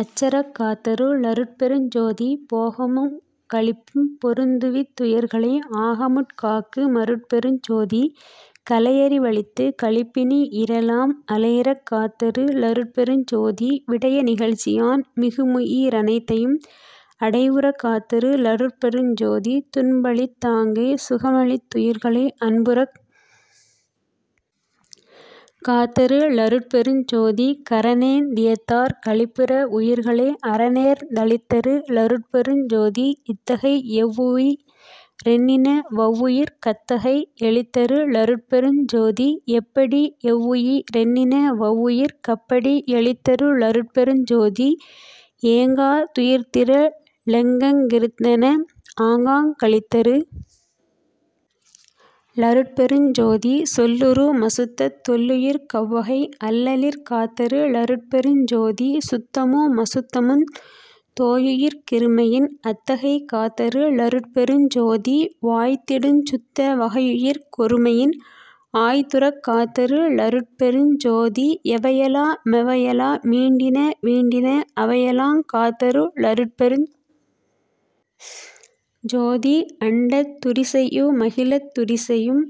அச்சறக் காத்தரு ளருட்பெருஞ் ஜோதி போகமுங் களிப்பும் பொருந்துவித் துயிர்களை ஆகமுட் cock மருட்பெருஞ் ஜோதி கலையறி வளித்துக் களிப்பினி யிரெலாம் அலைவறக் காத்தரு ளருட்பெருஞ் ஜோதி விடய நிகழ்ச்சியான் மிகுமுயி ரனைத்தையும் அடைவுறக் காத்தரு ளருட்பெருஞ் ஜோதி துன்பளித் தாங்கே சுகமளித் துயிர்களை அன்புறக் காத்தரு ளருட்பெருஞ் ஜோதி கரணேந் தியத்தாற் களிப்புற வுயிர்களை அரணேர்ந் தளித்தரு ளருட்பெருஞ் ஜோதி எத்தகை யெவ்வுயி ரெண்ணின வவ்வுயிர்க் கத்தகை யளித்தரு ளருட்பெருஞ் ஜோதி எப்படி யெவ்வுயி ரெண்ணின வவ்வுயிர்க் கப்படி யளித்தரு ளருட்பெருஞ் ஜோதி ஏங்கா துயிர்த்திர ளெங்கெங் கிருந்தன ஆங்காங் களித்தரு ளருட்பெருஞ் ஜோதி சொல்லுறு மசுத்தத் தொல்லுயிர்க் கவ்வகை அல்லலிற் காத்தரு ளருட்பெருஞ் ஜோதி சுத்தமு மசுத்தமுந் தோயுயிர்க் கிருமையின் அத்தகை காத்தரு ளருட்பெருஞ் ஜோதி வாய்ந்திடுஞ் சுத்த வகையுயிர்க் கொருமையின் ஆய்ந்துறக் காத்தரு ளருட்பெருஞ் ஜோதி எவையெலா மெவையெலா மீண்டின வீண்டின அவையெலாங் காத்தரு ளருட்பெருஞ் ஜோதி அண்டத் துரிசையு மகிலத் துரிசையும்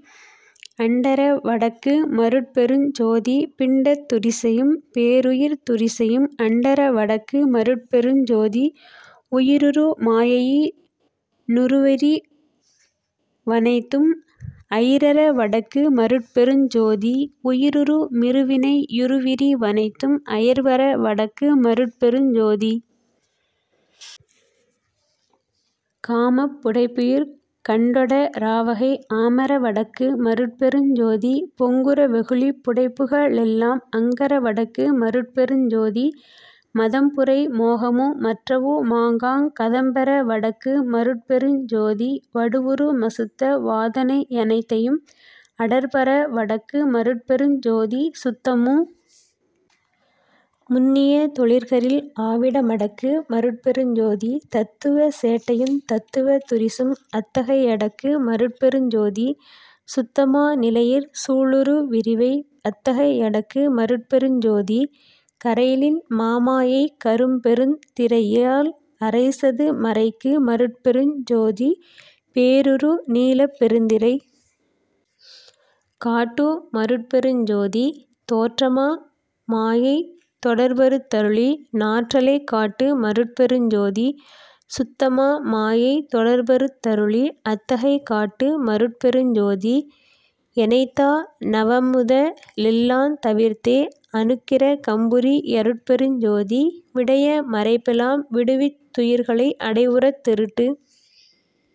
அண்டற வடக்கு மருட்பெருஞ் ஜோதி பிண்டத் துரிசையும் பேருயிர்த் துரிசையும் அண்டற வடக்கு மருட்பெருஞ் ஜோதி உயிருறு மாயையி னுறுவிரி வனைத்தும் அயிரற வடக்கு மருட்பெருஞ் ஜோதி உயிருறு மிருவினை யுறுவிரி வனைத்தும் அயர்வற வடக்கு மருட்பெருஞ் ஜோதி காமப் புடைப்புயிர் கண்டொட ராவகை ஆமற வடக்கு மருட்பெருஞ் ஜோதி பொங்குற வெகுளிப் புடைப்புக ளெல்லாம் அங்கற வடக்கு மருட்பெருஞ் ஜோதி மதம்புரை மோகமு மற்றவு மாங்காங் கதம்பெற வடக்கு மருட்பெருஞ் ஜோதி வடுவுறு மசுத்த வாதனை யனைத்தையும் அடர்பற வடக்கு மருட்பெருஞ் ஜோதி சுத்தமு முன்னிய தொழிற்கரில் ஆவிட மடக்கு மருட்பெருஞ் ஜோதி தத்துவச் சேட்டையுந் தத்துவத் துரிசும் அத்தகை யடக்கு மருட்பெருஞ் ஜோதி சுத்தமா நிலையிற் சூழுறு விரிவை அத்தகை யடக்கு மருட்பெருஞ் ஜோதி கரைவின் மாமாயைக் கரும்பெருந் திரையால் அரைசது மறைக்கு மருட்பெருஞ் ஜோதி பேருறு நீலப் பெருந்திரை காட்டு மருட்பெருஞ் ஜோதி தோற்றமா மாயைத் தொடர்பறுத் தருளி னாற்றலைக் காட்டு மருட்பெருஞ் ஜோதி சுத்தமா மாயைத் தொடர்பறுத் தருளி அத்தகை காட்டு மருட்பெருஞ் ஜோதி எனைத்தா ணவமுத லெல்லாந் தவிர்த்தே அனுக்கிர கம்புரி யருட்பெருஞ் ஜோதி விடய மறைப்பெலாம் விடுவித் துயிர்களை அடைவுறத் தெருட்டு